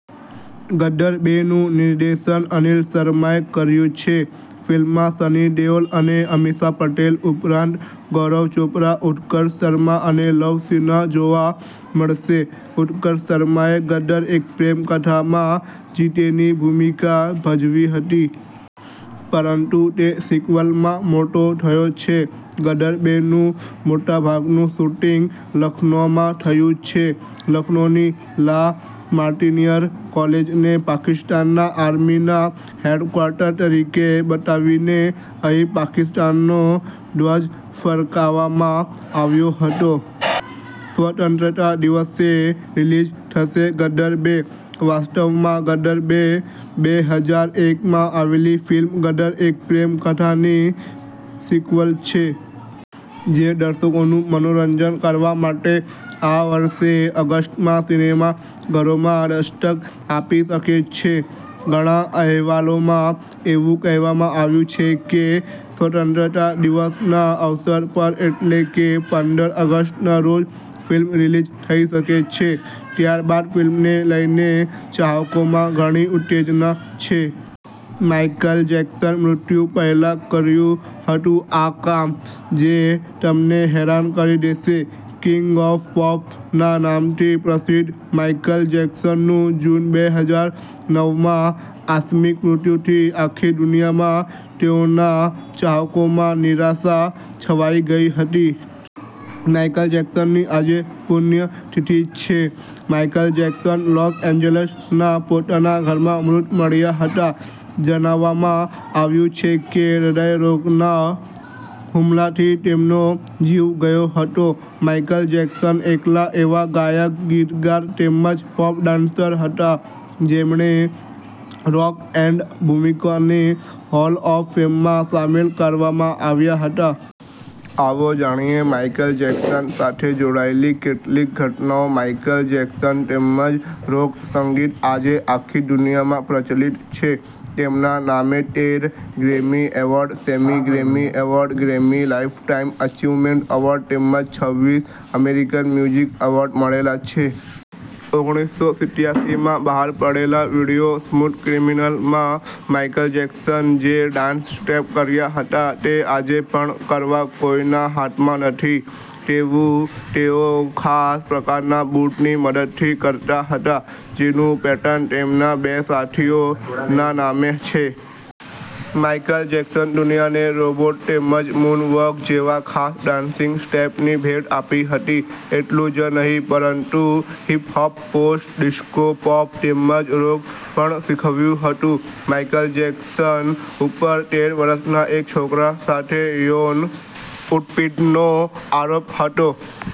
ગદર બે નું નિર્દેશન અનિલ શર્માએ કર્યું છે. ફિલ્મમાં સની દેઓલ અને અમીષા પટેલ ઉપરાંત ગૌરવ ચોપરા, ઉત્કર્ષ શર્મા અને લવ સિન્હા જોવા મળશે. ઉત્કર્ષ શર્માએ 'ગદરઃ એક પ્રેમ કથા'માં જીતેની ભૂમિકા ભજવી હતી. પરંતુ તે સિક્વલમાં મોટો થયો છે. 'ગદર બે 'નું મોટાભાગનું શૂટિંગ લખનૌમાં થયું છે. લખનૌની લા માર્ટિનીયર કોલેજને પાકિસ્તાન આર્મીના હેડક્વાર્ટર તરીકે બતાવીને અહીં પાકિસ્તાનનો ધ્વજ ફરકાવવામાં આવ્યો હતો. સ્વતંત્રતા દિવસે રિલીઝ થશે 'ગદર બે' વાસ્તવમાં 'ગદર બે ' બે હજાર એક માં આવેલી ફિલ્મ 'ગદરઃ એક પ્રેમ કથા'ની સિક્વલ છે. જે દર્શકોનું મનોરંજન કરવા માટે આ વર્ષે ઓગસ્ટમાં સિનેમાઘરોમાં દસ્તક આપી શકે છે. ઘણા અહેવાલોમાં એવું કહેવામાં આવ્યું છે કે સ્વતંત્રતા દિવસના અવસર પર એટલે કે પંદર ઓગસ્ટ ના રોજ, ફિલ્મ રિલીઝ થઈ શકે છે, ત્યારબાદ ફિલ્મને લઈને ચાહકોમાં ઘણી ઉત્તેજના છે. માઇકલ જેકસન મૃત્યુ પહેલા કર્યું હતું આ કામ જે તમને હેરાન કરી દેશે. કિંગ ઓફ પોપ ના નામથી પ્રસિદ્ધ માઇકલ જેક્સન નું, જૂન બે હજાર નવ માં આકસ્મિક મૃત્યુથી આખી દુનિયામાં તેઓના ચાહકોમાં નિરાશા છવાઈ ગઈ હતી. માઇકલ જેકસન ની આજે પુણ્યતિથિ છે. માઇકલ જેકસન લોસ એન્જલસના પોતાના ઘરમાં મૃત મળ્યા હતા. જણાવવામાં આવ્યું છે કે હૃદયરોગના હુમલાથી તેમનો જીવ ગયો હતો. માઇકલ જેકસન એકલા એવા ગાયક, ગીતકાર, તેમજ પોપ ડાન્સર હતા જેમણે રોક એન્ડ ભૂમિકાને હોલ ઓફ ફેમમાં સામેલ કરવામાં આવ્યા હતા. આવો જાણીએ માયકલ જેકસન સાથે જોડાયેલી કેટલીક ઘટનાઓ માઇકલ જેકસન, તેમજ રોક સંગીત આજે આખી દુનિયામાં પ્રચલિત છે. તેમના નામે તેર ગ્રેમી એવોર્ડ, સેમી Grammy award, Grammy lifetime achievement award તેમજ છવીસ અમેરિકન મ્યુઝિક એવોર્ડ મળેલા છે. ઓગણીસો સિત્યાસીમાં બહાર પડેલા વિડિયો સ્મૂથ ક્રિમીનલ માં માઇકલ જેકસન જે ડાન્સ સ્ટેપ કર્યા હતા તે આજે પણ કરવા કોઈના હાથમાં નથી. તેવું તેઓ ખાસ પ્રકારના બુટ ની મદદથી કરતા હતા. જેનું પેટન તેમના બે સાથીઓ ના નામે છે. માઇકલ જેકસન દુનિયાને રોબોટ તેમજ મુન-વોક જેવા ખાસ ડાન્સિંગ સ્ટેપ ની ભેટ આપી હતી. એટલું જ નહીં પરંતુ હિપહોપ, પોસ્ટ ડિસ્કો, પોપ તેમજ રોક પણ શીખવ્યું હતું. માઇકલ જેક્સન ઉપર તેર વર્ષના એક છોકરા સાથે યોન ઉત્પીડનનો આરોપ હતો.